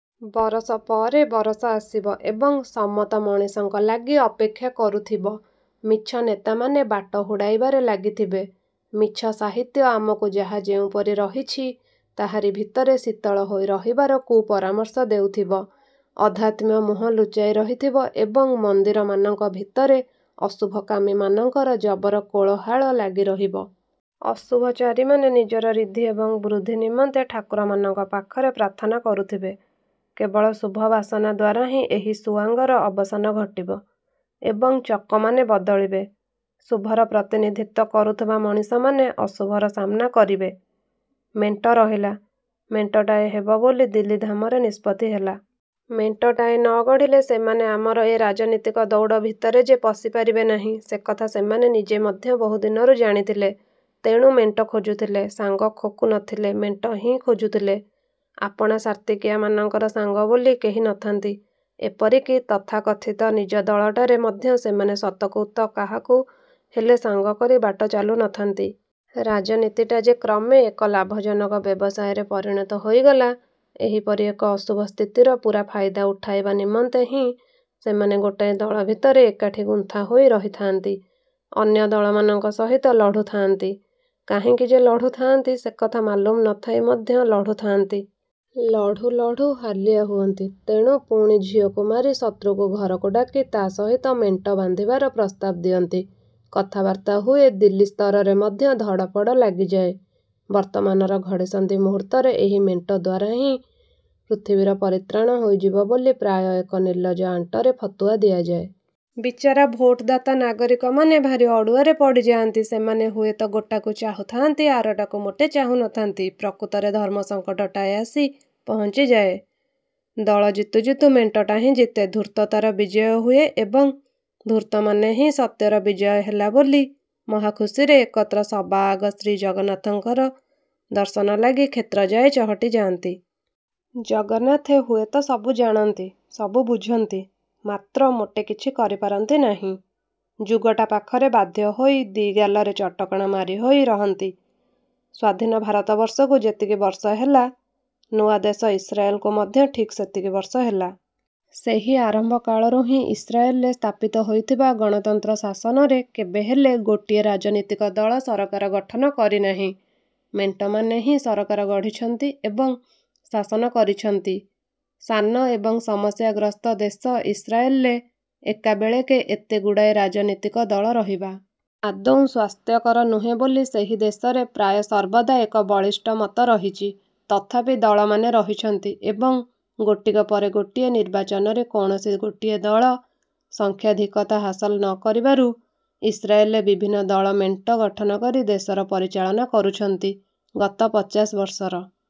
ବରଷ ପରେ ବରଷ ଆସିବ ଏବଂ ସମ୍ମତ ମଣିଷଙ୍କ ଲାଗି ଅପେକ୍ଷା କରୁଥିବ। ମିଛ ନେତାମାନେ ବାଟ ହୁଡ଼ାଇବାରେ ଲାଗିଥିବେ। ମିଛ ସାହିତ୍ୟ ଆମକୁ ଯାହା ଯେଉଁପରି ରହିଛି ତାହାରି ଭିତରେ ଶୀତଳ ହୋଇ ରହିବାର କୁପରାମର୍ଶ ଦେଉଥିବ। ଅଧ୍ୟାତ୍ମ ମୁହଁ ଲୁଚାଇ ରହିଥିବ ଏବଂ ମନ୍ଦିରମାନଙ୍କ ଭିତରେ ଅଶୁଭକାମୀ ମାନଙ୍କର ଜବର କୋଳହାଳ ଲାଗି ରହିବ। ଅଶୁଭଚାରୀମାନେ ନିଜର ଋଦ୍ଧି ଏବଂ ବୃଦ୍ଧି ନିମନ୍ତେ ଠାକୁରମାନଙ୍କ ପାଖରେ ପ୍ରାର୍ଥନା କରୁଥିବେ। କେବଳ ଶୁଭ ବାସନା ଦ୍ୱାରା ହିଁ ଏହି ସୁଆଙ୍ଗର ଅବସାନ ଘଟିବ ଏବଂ ଚକମାନେ ବଦଳିବେ। ଶୁଭର ପ୍ରତିନିଧିତ୍ୱ କରୁଥିବା ମଣିଷମାନେ ଅଶୁଭର ସାମ୍ନା କରିବେ। ମେଣ୍ଟ ରହିଲା! ମେଣ୍ଟଟାଏ ହେବ ବୋଲି ଦିଲ୍ଲୀ ଧାମରେ ନିଷ୍ପତ୍ତି ହେଲା। ମେଣ୍ଟଟାଏ ନ ଗଢ଼ିଲେ ସେମାନେ ଆମର ଏ ରାଜନୀତିକ ଦୌଡ଼ ଭିତରେ ଯେ ପଶିପାରିବେ ନାହିଁ, ସେକଥା ସେମାନେ ନିଜେ ମଧ୍ୟ ବହୁଦିନରୁ ଜାଣିଥିଲେ। ତେଣୁ ମେଣ୍ଟ ଖୋଜୁଥିଲେ। ସାଙ୍ଗ ଖୋକୁ ନଥିଲେ, ମେଣ୍ଟ ହିଁ ଖୋଜୁଥିଲେ। ଆପଣାସାର୍ତ୍ତିକିଆମାନଙ୍କର ସାଙ୍ଗ ବୋଲି କେହି ନଥାନ୍ତି। ଏପରିକି, ତଥାକଥିତ ନିଜ ଦଳଟାରେ ମଧ୍ୟ ସେମାନେ ସତକୁ ତ କାହାକୁ ହେଲେ ସାଙ୍ଗ କରି ବାଟ ଚାଲୁନଥାନ୍ତି। ରାଜନୀତିଟା ଯେ କ୍ରମେ ଏକ ଲାଭଜନକ ବ୍ୟବସାୟରେ ପରିଣତ ହୋଇଗଲା, ଏହିପରି ଏକ ଅଶୁଭ ସ୍ଥିତିର ପୂରା ଫାଇଦା ଉଠାଇବା ନିମନ୍ତେ ହିଁ ସେମାନେ ଗୋଟାଏ ଦଳ ଭିତରେ ଏକାଠି ଗୁନ୍ଥା ହୋଇ ରହିଥାଆନ୍ତି। ଅନ୍ୟ ଦଳମାନଙ୍କ ସହିତ ଲଢୁଥାଆନ୍ତି। କାହିଁକି ଯେ ଲଢୁଥାଆନ୍ତି ସେକଥା ମାଲୁମ ନଥାଇ ମଧ୍ୟ ଲଢୁଥାଆନ୍ତି। ଲଢୁ ଲଢ଼ୁ ହାଲିଆ ହୁଅନ୍ତି। ତେଣୁ ପୁଣି ଝିଅକୁ ମାରି ଶତ୍ରୁକୁ ଘରକୁ ଡାକି ତା'ସହିତ ମେଣ୍ଟ ବାନ୍ଧିବାର ପ୍ରସ୍ତାବ ଦିଅନ୍ତି। କଥାବାର୍ତ୍ତା ହୁଏ, ଦିଲ୍ଲୀ ସ୍ତରରେ ମଧ୍ୟ ଧଡ଼ପଡ଼ ଲାଗିଯାଏ। ବର୍ତ୍ତମାନର ଘଡ଼ିସନ୍ଧି ମୁହୂର୍ତ୍ତରେ ଏହି ମେଣ୍ଟ ଦ୍ୱାରା ହିଁ ପୃଥିବୀର ପରିତ୍ରାଣ ହୋଇଯିବ ବୋଲି ପ୍ରାୟ ଏକ ନିର୍ଲଜ୍ଜ ଆଣ୍ଟରେ ଫତୁଆ ଦିଆଯାଏ। ବିଚାରା ଭୋଟଦାତା ନାଗରିକମାନେ ଭାରି ଅଡ଼ୁଆରେ ପଡ଼ିଯାଆନ୍ତି। ସେମାନେ ହୁଏତ ଗୋଟାକୁ ଚାହୁଥାଆନ୍ତି, ଆରଟାକୁ ମୋଟେ ଚାହୁନଥାନ୍ତି। ପ୍ରକୃତରେ ଧର୍ମସଂକଟଟାଏ ଆସି ପହଂଚିଯାଏ। ଦଳ ଜିତୁ ଜିତୁ ମେଣ୍ଟଟା ହିଁ ଜିତେ। ଧୂର୍ତ୍ତତାର ବିଜୟ ହୁଏ ଏବଂ ଧୂର୍ତ୍ତମାନେ ହିଁ ସତ୍ୟର ବିଜୟ ହେଲା ବୋଲି ମହା ଖୁସିରେ ଏକତ୍ର ସବାଆଗ ଶ୍ରୀଜଗନ୍ନାଥଙ୍କର ଦର୍ଶନ ଲାଗି କ୍ଷେତ୍ରଯାଏ ଚହଟି ଯାଆନ୍ତି। ଜଗନ୍ନାଥେ ହୁଏତ ସବୁ ଜାଣନ୍ତି, ସବୁ ବୁଝନ୍ତି; ମାତ୍ର ମୋଟେ କିଛି କରିପାରନ୍ତି ନାହିଁ। ଯୁଗଟା ପାଖରେ ବାଧ୍ୟ ହୋଇ ଦି' ଗାଲରେ ଚଟକଣା ମାରିହୋଇ ରହନ୍ତି। ସ୍ୱାଧୀନ ଭାରତବର୍ଷକୁ ଯେତିକି ବର୍ଷ ହେଲା, ନୂଆ ଦେଶ ଇସ୍ରାଏଲକୁ ମଧ୍ୟ ଠିକ୍ ସେତିକି ବର୍ଷ ହେଲା। ସେହି ଆରମ୍ଭ କାଳରୁ ହିଁ ଇସ୍ରାଏଲରେ ସ୍ଥାପିତ ହୋଇଥିବା ଗଣତନ୍ତ୍ର ଶାସନରେ କେବେହେଲେ ଗୋଟିଏ ରାଜନୀତିକ ଦଳ ସରକାର ଗଠନ କରିନାହିଁ। ମେଣ୍ଟମାନେ ହିଁ ସରକାର ଗଢ଼ିଛନ୍ତି ଏବଂ ଶାସନ କରିଛନ୍ତି। ସାନ ଏବଂ ସମସ୍ୟାଗ୍ରସ୍ତ ଦେଶ ଇସ୍ରାଏଲରେ ଏକାବେଳେକେ ଏତେଗୁଡ଼ାଏ ରାଜନୀତିକ ଦଳ ରହିବା। ଆଦୌ ସ୍ୱାସ୍ଥ୍ୟକର ନୁହେଁ ବୋଲି ସେହି ଦେଶରେ ପ୍ରାୟ ସର୍ବଦା ଏକ ବଳିଷ୍ଟ ମତ ରହିଛି। ତଥାପି ଦଳମାନେ ରହିଛନ୍ତି ଏବଂ ଗୋଟିକ ପରେ ଗୋଟିଏ ନିର୍ବାଚନରେ କୌଣସି ଗୋଟିଏ ଦଳ ସଂଖ୍ୟାଧିକତା ହାସଲ ନ କରିବାରୁ ଇସ୍ରାଏଲରେ ବିଭିନ୍ନ ଦଳ ମେଣ୍ଟ ଗଠନ କରି ଦେଶର ପରିଚାଳନା କରୁଛନ୍ତି। ଗତ ପଚାଶ ବର୍ଷର